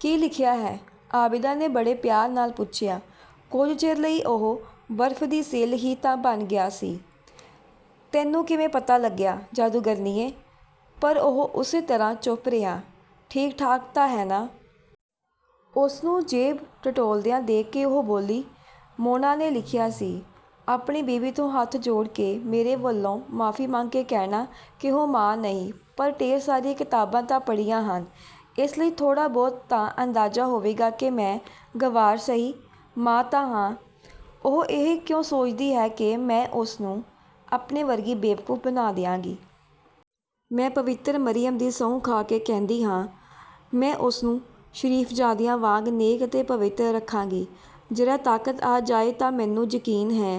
"ਕੀ ਲਿਖਿਆ ਹੈ?" ਆਬਿਦਾ ਨੇ ਬੜੇ ਪਿਆਰ ਨਾਲ ਪੁੱਛਿਆ। ਕੁਝ ਚਿਰ ਲਈ ਉਹ ਬਰਫ਼ ਦੀ ਸਿਲ ਹੀ ਤਾਂ ਬਣ ਗਿਆ ਸੀ। 'ਤੈਨੂੰ ਕਿਵੇਂ ਪਤਾ ਲੱਗਿਆ, ਜਾਦੂਗਰਨੀਏ?' ਪਰ ਉਹ ਉਸੇ ਤਰ੍ਹਾਂ ਚੁੱਪ ਰਿਹਾ। "ਠੀਕ-ਠਾਕ ਤਾਂ ਹੈ ਨਾ?" ਉਸਨੂੰ ਜੇਬ ਟਟੋਲਦਿਆਂ ਦੇਖ ਕੇ ਉਹ ਬੋਲੀ। ਮੋਨਾ ਨੇ ਲਿਖਿਆ ਸੀ, ਆਪਣੀ ਬੀਵੀ ਤੋਂ ਹੱਥ ਜੋੜ ਕੇ ਮੇਰੇ ਵੱਲੋਂ ਮੁਆਫ਼ੀ ਮੰਗ ਕੇ ਕਹਿਣਾ ਕਿ ਉਹ ਮਾਂ ਨਹੀਂ, ਪਰ ਢੇਰ ਸਾਰੀਆਂ ਕਿਤਾਬਾਂ ਤਾਂ ਪੜ੍ਹੀਆਂ ਹਨ, ਇਸ ਲਈ ਥੋੜ੍ਹਾ-ਬਹੁਤ ਤਾਂ ਅੰਦਾਜ਼ਾ ਹੋਵੇਗਾ ਕਿ ਮੈਂ ਗੰਵਾਰ ਸਹੀ, ਮਾਂ ਤਾਂ ਹਾਂ- ਉਹ ਇਹ ਕਿਉਂ ਸੋਚਦੀ ਹੈ ਕਿ ਮੈਂ ਉਸਨੂੰ, ਆਪਣੇ ਵਰਗੀ ਬੇਵਕੂਫ਼ ਬਣਾ ਦਿਆਂਗੀ? ਮੈਂ ਪਵਿੱਤਰ ਮਰੀਅਮ ਦੀ ਸਹੁੰ ਖਾ ਕੇ ਕਹਿੰਦੀ ਹਾਂ, ਮੈਂ ਉਸਨੂੰ ਸ਼ਰੀਫ਼ਜ਼ਾਦੀਆਂ ਵਾਂਗ ਨੇਕ ਤੇ ਪਵਿੱਤਰ ਰੱਖਾਂਗੀ। ਜ਼ਰਾ ਤਾਕਤ ਆ ਜਾਏ ਤਾਂ ਮੈਨੂੰ ਯਕੀਨ ਹੈ,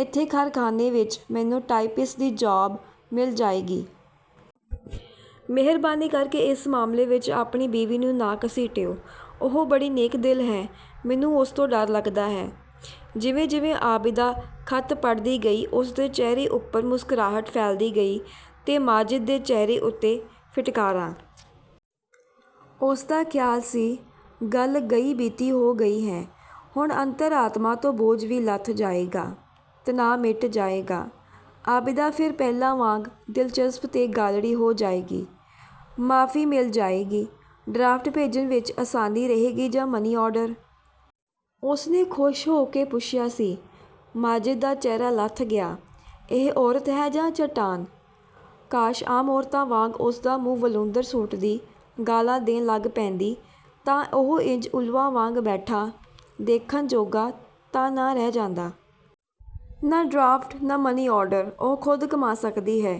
ਇੱਥੇ ਕਾਰਖਾਨੇ ਵਿੱਚ ਮੈਨੂੰ ਟਾਈਪਿਸਟ ਦੀ 'ਜਾਬ' ਮਿਲ ਜਾਏਗੀ। ਮਿਹਰਬਾਨੀ ਕਰਕੇ ਇਸ ਮਾਮਲੇ ਵਿੱਚ ਆਪਣੀ ਬੀਵੀ ਨੂੰ ਨਾ ਘਸੀਟੳ। ਉਹ ਬੜੀ ਨੇਕ ਦਿਲ ਹੈ, ਮੈਨੂੰ ਉਸ ਤੋਂ ਡਰ ਲੱਗਦਾ ਹੈ।' ਜਿਵੇਂ-ਜਿਵੇਂ ਆਬਿਦਾ ਖ਼ਤ ਪੜ੍ਹਦੀ ਗਈ ਉਸਦੇ ਚਿਹਰੇ ਉੱਪਰ ਮੁਸਕਰਾਹਟ ਫੈਲਦੀ ਗਈ ਤੇ ਮਾਜਿਦ ਦੇ ਚਿਹਰੇ ਉੱਤੇ ਫਿਟਕਾਰਾਂ। ਉਸਦਾ ਖ਼ਿਆਲ ਸੀ, ਗੱਲ ਗਈ-ਬੀਤੀ ਹੋ ਗਈ ਹੈ। ਹੁਣ ਅੰਤਰ-ਆਤਮਾ ਤੋਂ ਬੋਝ ਵੀ ਲੱਥ ਜਾਏਗਾ। ਤਣਾਅ ਮਿਟ ਜਾਏਗਾ। ਆਬਿਦਾ ਫਿਰ ਪਹਿਲਾਂ ਵਾਂਗ ਦਿਲਚਸਪ ਤੇ ਗਾਲੜੀ ਹੋ ਜਾਏਗੀ। ਮੁਆਫ਼ੀ ਮਿਲ ਜਾਏਗੀ। "ਡਰਾਫਟ ਭੇਜਣ ਵਿੱਚ ਆਸਾਨੀ ਰਹੇਗੀ ਜਾਂ ਮਨੀਆਰਡਰ?" ਉਸਨੇ ਖੁਸ਼ ਹੋ ਕੇ ਪੁੱਛਿਆ ਸੀ। ਮਾਜਿਦ ਦਾ ਚਿਹਰਾ ਲੱਥ ਗਿਆ। ਇਹ ਔਰਤ ਹੈ ਜਾਂ ਚਟਾਨ! ਕਾਸ਼ ਆਮ ਔਰਤਾਂ ਵਾਂਗ ਉਸਦਾ ਮੂੰਹ ਵਲੂੰਧਰ ਸੁੱਟਦੀ, ਗਾਲ੍ਹਾਂ ਦੇਣ ਲੱਗ ਪੈਂਦੀ ਤਾਂ ਉਹ ਇੰਜ ਊੱਲੂਆਂ ਵਾਂਗ ਬੈਠਾ, ਦੇਖਣ ਜੋਗਾ ਤਾਂ ਨਾ ਰਹਿ ਜਾਂਦਾ। "ਨਾ ਡਰਾਫਟ, ਨਾ ਮਨੀਆਰਡਰ। ਉਹ ਖ਼ੁਦ ਕਮਾ ਸਕਦੀ ਹੈ।"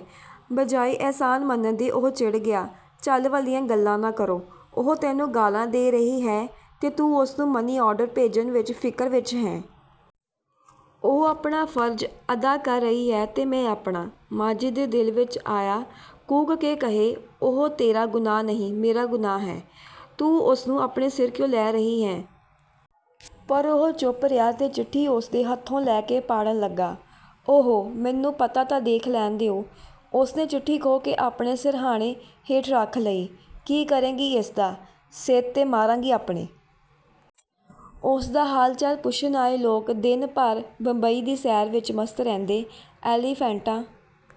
ਬਜਾਏ ਅਹਿਸਾਨ ਮੰਨਣ ਦੇ ਉਹ ਚਿੜ ਗਿਆ। "ਝੱਲ-ਵੱਲੀਆਂ ਗੱਲਾਂ ਨਾ ਕਰੋ।" "ਉਹ ਤੈਨੂੰ ਗਾਲ੍ਹਾਂ ਦੇ ਰਹੀ ਹੈ ਤੇ ਤੂੰ ਉਸਨੂੰ ਮਨੀਆਰਡਰ ਭੇਜਣ ਵਿੱਚ ਫਿਕਰ ਵਿੱਚ ਹੈਂ।" "ਉਹ ਆਪਣਾ ਫ਼ਰਜ਼ ਅਦਾ ਕਰ ਰਹੀ ਹੈ ਤੇ ਮੈਂ ਆਪਣਾ।" ਮਾਜਿਦ ਦੇ ਦਿਲ ਵਿੱਚ ਆਇਆ ਕੂਕ ਕੇ ਕਹੇ, 'ਉਹ ਤੇਰਾ ਗੁਨਾਹ ਨਹੀਂ, ਮੇਰਾ ਗੁਨਾਹ ਹੈ। ਤੂੰ ਉਸਨੂੰ ਆਪਣੇ ਸਿਰ ਕਿਉਂ ਲੈ ਰਹੀ ਹੈਂ'... ਪਰ ਉਹ ਚੁੱਪ ਰਿਹਾ ਤੇ ਚਿੱਠੀ ਉਸਦੇ ਹੱਥੋਂ ਲੈ ਕੇ ਪਾੜਨ ਲੱਗਾ। "ਓ-ਹੋ, ਮੈਨੂੰ ਪਤਾ ਤਾਂ ਦੇਖ ਲੈਣ ਦਿਓ।" ਉਸਨੇ ਚਿੱਠੀ ਖੋਹ ਕੇ ਆਪਣੇ ਸਿਰਹਾਣੇ ਹੇਠ ਰੱਖ ਲਈ। "ਕੀ ਕਰੇਂਗੀ ਇਸਦਾ?" "ਸਿਰ 'ਤੇ ਮਾਰਾਂਗੀ ਆਪਣੇ।" ਉਸਦਾ ਹਾਲ-ਚਾਲ ਪੁੱਛਣ ਆਏ ਲੋਕ ਦਿਨ ਭਰ ਬੰਬਈ ਦੀ ਸੈਰ ਵਿੱਚ ਮਸਤ ਰਹਿੰਦੇ। ਐਲੀਫੈਂਟਾ